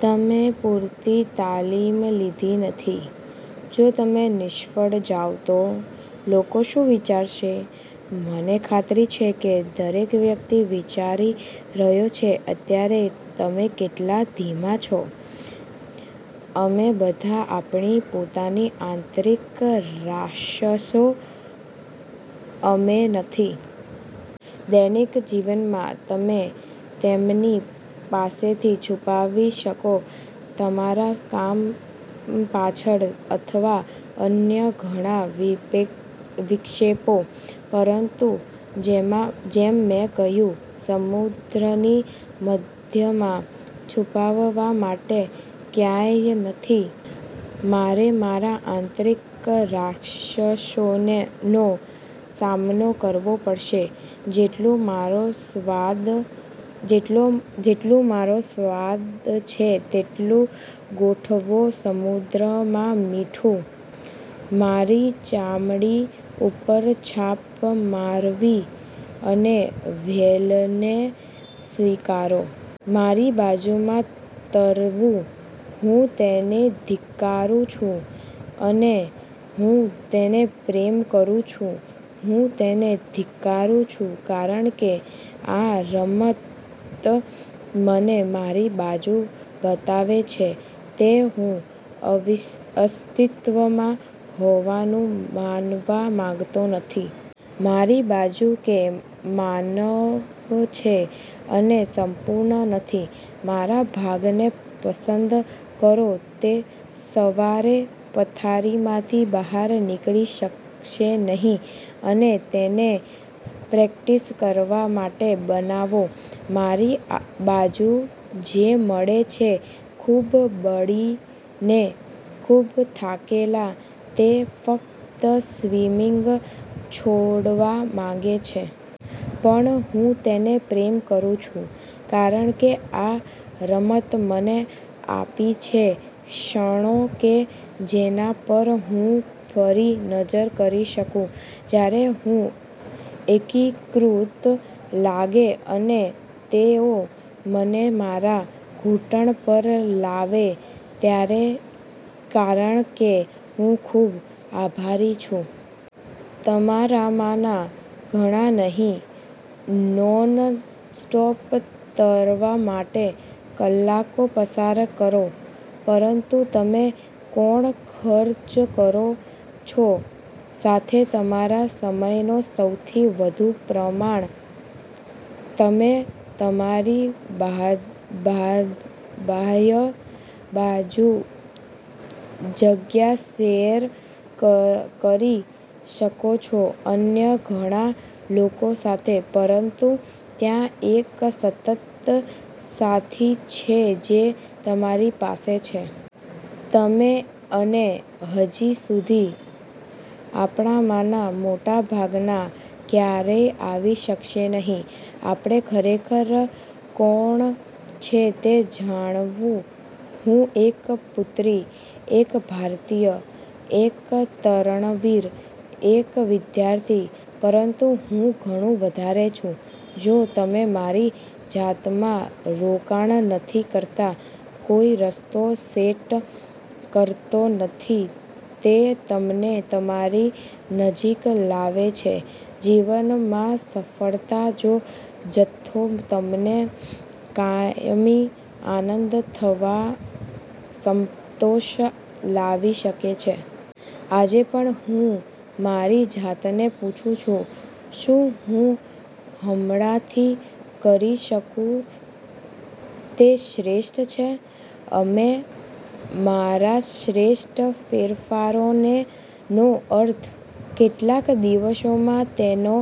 તમે પૂરતી તાલીમ લીધી નથી. જો તમે નિષ્ફળ જાવ તો? લોકો શું વિચારશે? મને ખાતરી છે કે દરેક વ્યક્તિ વિચારી રહ્યો છે અત્યારે તમે કેટલા ધીમા છો. " અમે બધા આપણી પોતાની આંતરિક રાક્ષસો, અમે નથી? દૈનિક જીવનમાં, તમે તેમની પાસેથી છુપાવી શકો, તમારા કામ પાછળ અથવા અન્ય ઘણા વિક્ષેપો. પરંતુ જેમ મેં કહ્યું, સમુદ્રની મધ્યમાં, છુપાવવા માટે ક્યાંય નથી. મારે મારા આંતરિક રાક્ષસોનો સામનો કરવો પડશે, જેટલું મારો સ્વાદ છે તેટલું ગોઠવો સમુદ્રમાં મીઠું, મારી ચામડી ઉપર છાપ મારવી, અને વ્હેલને સ્વીકારો. મારી બાજુમાં તરવું. હું તેને ધિક્કારું છું, અને હું તેને પ્રેમ કરું છું. હું તેને ધિક્કારું છું કારણ કે આ રમત મને મારી બાજુ બતાવે છે, તે હું અસ્તિત્વમાં હોવાનું માનવા માંગતો નથી. મારી બાજુ કે માનવ છે અને સંપૂર્ણ નથી. મારા ભાગને પસંદ કરો તે સવારે પથારીમાંથી બહાર નીકળી શકશે નહીં અને તેને પ્રેક્ટિસ કરવા માટે બનાવો. મારી બાજુ જે મળે છે ખૂબ બળીને, ખૂબ થાકેલા, તે ફક્ત સ્વિમિંગ છોડવા માંગે છે. પણ હું તેને પ્રેમ કરું છું, કારણ કે આ રમત મને આપી છે ક્ષણો કે જેના પર હું ફરી નજર કરી શકું જ્યારે હું એકીકૃત લાગે અને તેઓ મને મારા ઘૂંટણ પર લાવે, કારણ કે હું ખૂબ આભારી છું. તમારામાંના ઘણા નહીં નોન સ્ટોપ તરવા માટે કલાકો પસાર કરો. પરંતુ તમે કોણ ખર્ચ કરો છો સાથે તમારા સમયનો સૌથી વધુ પ્રમાણ? તમે તમારી બાહ્ય જગ્યા શેર કરી શકો છો અન્ય ઘણા લોકો સાથે, પરંતુ ત્યાં એક સતત સાથી છે જે તમારી પાસે છે. તમે અને હજી સુધી, આપણામાંના મોટા ભાગના ક્યારેય આવી શકશે નહીં. આપણે ખરેખર કોણ છે તે જાણવું. હું એક પુત્રી, એક ભારતીય, એક તરણવીર, એક વિદ્યાર્થી. પરંતુ હું ઘણું વધારે છું. જો તમે તમારી જાતમાં રોકાણ નથી કરતા, કોઈ રસ્તો સેટ કરતો નથી તે તમને તમારી નજીક લાવે છે, જીવનમાં સફળતા નો જથ્થો તમને કાયમી આનંદ અથવા સંતોષ લાવી શકે છે. આજે પણ, હું મારી જાતને પૂછું છું, "શું હું હમણાંથી કરી શકું તે શ્રેષ્ઠ છે? " અને મારા "શ્રેષ્ઠ" ફેરફારોનો અર્થ. કેટલાક દિવસોમાં, તેનો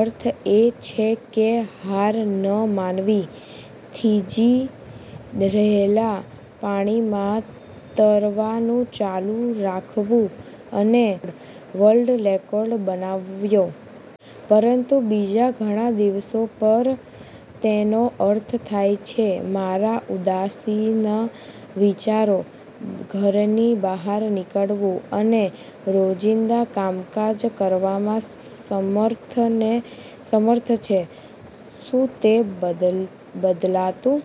અર્થ એ છે કે હાર ન માનવી, થીજી રહેલા પાણીમાં તરવાનું ચાલુ રાખવું અને વર્લ્ડ રેકોર્ડ બનાવ્યો. પરંતુ બીજા ઘણા દિવસો પર, તેનો અર્થ થાય છે મારા ઉદાસીન વિચારો, ઘરની બહાર નીકળવું અને રોજિંદા કામકાજ કરવામાં સમર્થ છે. શું તે બદલાતું